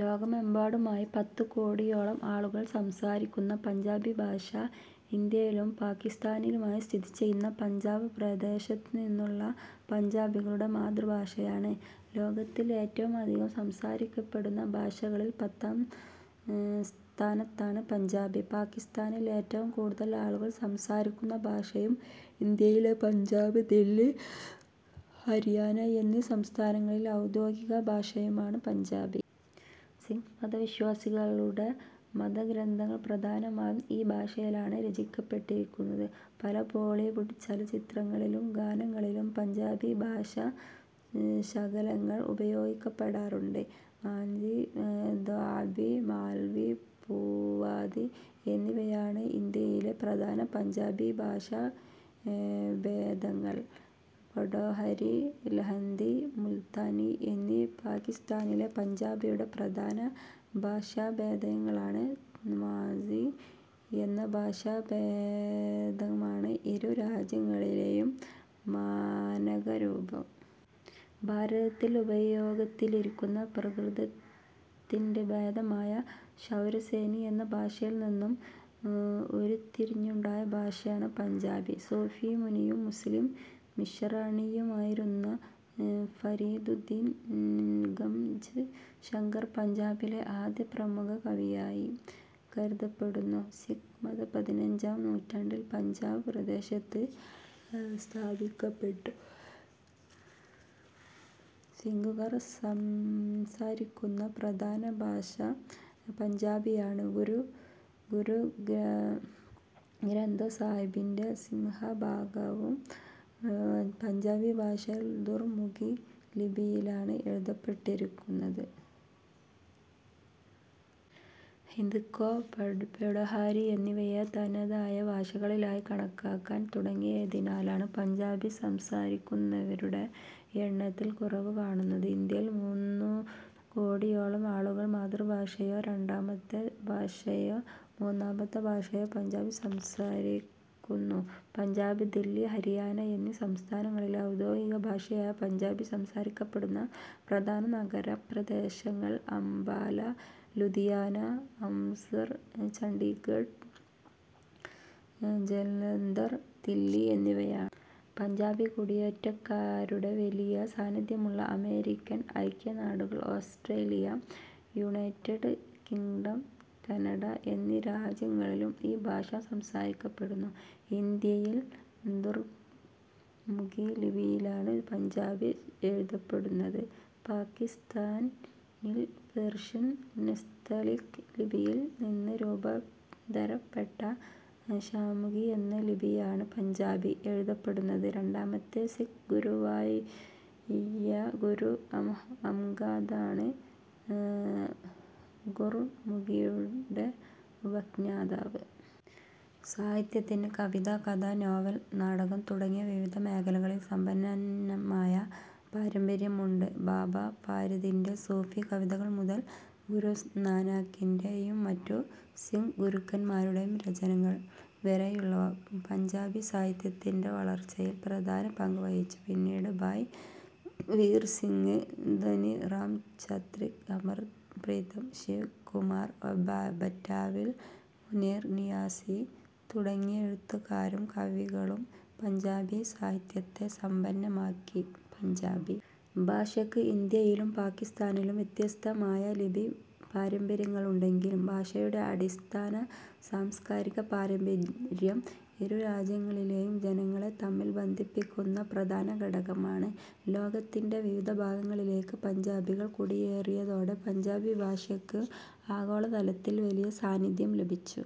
ലോകമെമ്പാടുമായി പത്തുകോടിയോളം ആളുകൾ സംസാരിക്കുന്ന പഞ്ചാബി ഭാഷ ഇന്ത്യയിലും പാകിസ്താനിലുമായി സ്ഥിതിചെയ്യുന്ന പഞ്ചാബ് പ്രദേശത്തുനിന്നുള്ള പഞ്ചാബികളുടെ മാതൃഭാഷയാണ്. ലോകത്തിൽ ഏറ്റവുമധികം സംസാരിക്കപ്പെടുന്ന ഭാഷകളിൽ പത്താം സ്ഥാനത്താണ് പഞ്ചാബി. പാക്കിസ്താനിൽ ഏറ്റവും കൂടുതൽ ആളുകൾ സംസാരിക്കുന്ന ഭാഷയും ഇന്ത്യയിലെ പഞ്ചാബ്, ദില്ലി, ഹരിയാന എന്നീ സംസ്ഥാനങ്ങളിലെ ഔദ്യോഗിക ഭാഷയുമാണ് പഞ്ചാബി. സിഖ് മതവിശ്വാസികളുടെ മതഗ്രന്ഥങ്ങൾ പ്രധാനമായും ഈ ഭാഷയിലാണ് രചിക്കപ്പെട്ടിരിക്കുന്നത്. പല ബോളിവുഡ് ചലച്ചിത്രങ്ങളിലും ഗാനങ്ങളിലും പഞ്ചാബി ഭാഷാശകലങ്ങൾ ഉപയോഗിക്കപ്പെടാറുണ്ട്. മാഝി, ദോആബി, മാൽവി, പുവാധി എന്നിവയാണ് ഇന്ത്യയിലെ പ്രധാന പഞ്ചാബി ഭാഷാഭേദങ്ങൾ. പോഠോഹാരി, ലഹന്ദി, മുൽത്താനി എന്നിവ പാകിസ്താനിലെ പഞ്ചാബിയുടെ പ്രധാന ഭാഷാഭേദങ്ങളാണ്. മാഝി എന്ന ഭാഷാഭേദമാണ് ഇരു രാജ്യങ്ങളിലെയും മാനക രൂപം. ഭാരതത്തിൽ ഉപയോഗത്തിലിരിക്കുന്ന പ്രാകൃതത്തിൻറെ ഭേദമായ ശൗരസേനി എന്ന ഭാഷയിൽനിന്നും ഉരുത്തിരിഞ്ഞുണ്ടായ ഭാഷയാണ് പഞ്ചാബി. സൂഫി മുനിയും മുസ്ലിം മിഷണറിയുമായിരുന്ന ഫരീദുദ്ദീൻ ഗംജ്ശാങ്കർ പഞ്ചാബിയിലെ ആദ്യ പ്രമുഖ കവിയായി കരുതപ്പെടുന്നു. സിഖ് മതം പതിനഞ്ചാം നൂറ്റാണ്ടിൽ പഞ്ചാബ് പ്രദേശത്ത് സ്ഥാപിക്കപ്പെട്ടു. സിഖുകാർ സംസാരിക്കുന്ന പ്രധാന ഭാഷ പഞ്ചാബിയാണ്. ഗുര് ഗുരു ഗ്ര ഗ്രന്ഥ് സാഹിബിൻറെ സിംഹഭാഗവും പഞ്ചാബി ഭാഷയിൽ ഗുർമുഖി ലിപിയിലാണ് എഴുതപ്പെട്ടിരിക്കുന്നത്. ഹിന്ദ്കോ, പേ പോഠോഹാരി എന്നിവയെ തനതായ ഭാഷകളായി കണക്കാക്കാൻ തുടങ്ങിയതിനാലാണ് പഞ്ചാബി സംസാരിക്കുന്നവരുടെ എണ്ണത്തിൽ കുറവു കാണുന്നത്. ഇന്ത്യയിൽ മൂന്നുകോടിയോളം ആളുകൾ മാതൃഭാഷയായോ രണ്ടാമത്തെ ഭാഷയായോ മൂന്നാമത്തെ ഭാഷയായോ പഞ്ചാബി സംസാരിക്കുന്നു. പഞ്ചാബ്, ദില്ലി, ഹരിയാന എന്നീ സംസ്ഥാനങ്ങളിലെ ഔദ്യോഗിക ഭാഷയായ പഞ്ചാബി സംസാരിക്കപ്പെടുന്ന പ്രധാന നഗരപ്രദേശങ്ങൾ അംബാല, ലുധിയാന, അമൃത്സർ, ചണ്ഡീഗഢ്, ജലന്തർ, ദില്ലി എന്നിവയാണ്. പഞ്ചാബി കുടിയേറ്റക്കാരുടെ വലിയ സാന്നിധ്യമുള്ള അമേരിക്കൻ ഐക്യനാടുകൾ, ഓസ്ട്രേലിയ, യുണൈറ്റഡ് കിങ്ഡം, കനഡ എന്നീ രാജ്യങ്ങളിലും ഈ ഭാഷ സംസാരിക്കപ്പെടുന്നുണ്ട്. ഇന്ത്യയിൽ ഗുർമുഖി ലിപിയിലാണ് പഞ്ചാബി എഴുതപ്പെടുന്നു. പാകിസ്താനിൽ പേർഷ്യൻ നസ്തലിക് ലിപിയിൽനിന്ന് രൂപാന്തരപ്പെട്ട ഷാമുഖി എന്ന ലിപിയിലാണ് പഞ്ചാബി എഴുതപ്പെടുന്നത്. രണ്ടാമത്തെ സിഖ് ഗുരുവായ ഗുരു അം അംഗദാണ് ഗുർമുഖിയുടെ ഉപജ്ഞാതാവ്. സാഹിത്യത്തിന് കവിത, കഥ, നോവൽ, നാടകം തുടങ്ങിയ വിവിധ മേഖലകളിൽ സമ്പന്നന്നമായ പാരമ്പര്യമുണ്ട്. ബാബാ ഫരീദിൻറെ സൂഫി കവിതകൾ മുതൽ ഗുരു നാനാക്കിൻറെ യും മറ്റു സിഖ് ഗുരുക്കന്മാരുടെയും രചനകൾ വരെയുള്ളവ പഞ്ചാബി സാഹിത്യത്തിൻറെ വളർച്ചയിൽ പ്രധാന പങ്കുവഹിച്ചു. പിന്നീട് ഭായ് വീർ സിംഗ്, ധനി റാം ചാത്രിക്, അമൃത പ്രീതം, ശിവ് കുമാർ ബ ബറ്റാൽവി, മുനീർ നിയാസി തുടങ്ങിയ എഴുത്തുകാരും കവികളും പഞ്ചാബി സാഹിത്യത്തെ സമ്പന്നമാക്കി. പഞ്ചാബി ഭാഷയ്ക്ക് ഇന്ത്യയിലും പാകിസ്താനിലും വ്യത്യസ്തമായ ലിപിപാരമ്പര്യങ്ങളുണ്ടെങ്കിലും ഭാഷയുടെ അടിസ്ഥാന സാംസ്കാരിക പാരമ്പര്യം ഇരുരാജ്യങ്ങളിലെയും ജനങ്ങളെ തമ്മിൽ ബന്ധിപ്പിക്കുന്ന പ്രധാന ഘടകമാണ്. ലോകത്തിൻറെ വിവിധ ഭാഗങ്ങളിലേക്ക് പഞ്ചാബികൾ കുടിയേറിയതോടെ പഞ്ചാബി ഭാഷയ്ക്കും ആഗോളതലത്തിൽ വലിയ സാന്നിധ്യം ലഭിച്ചു.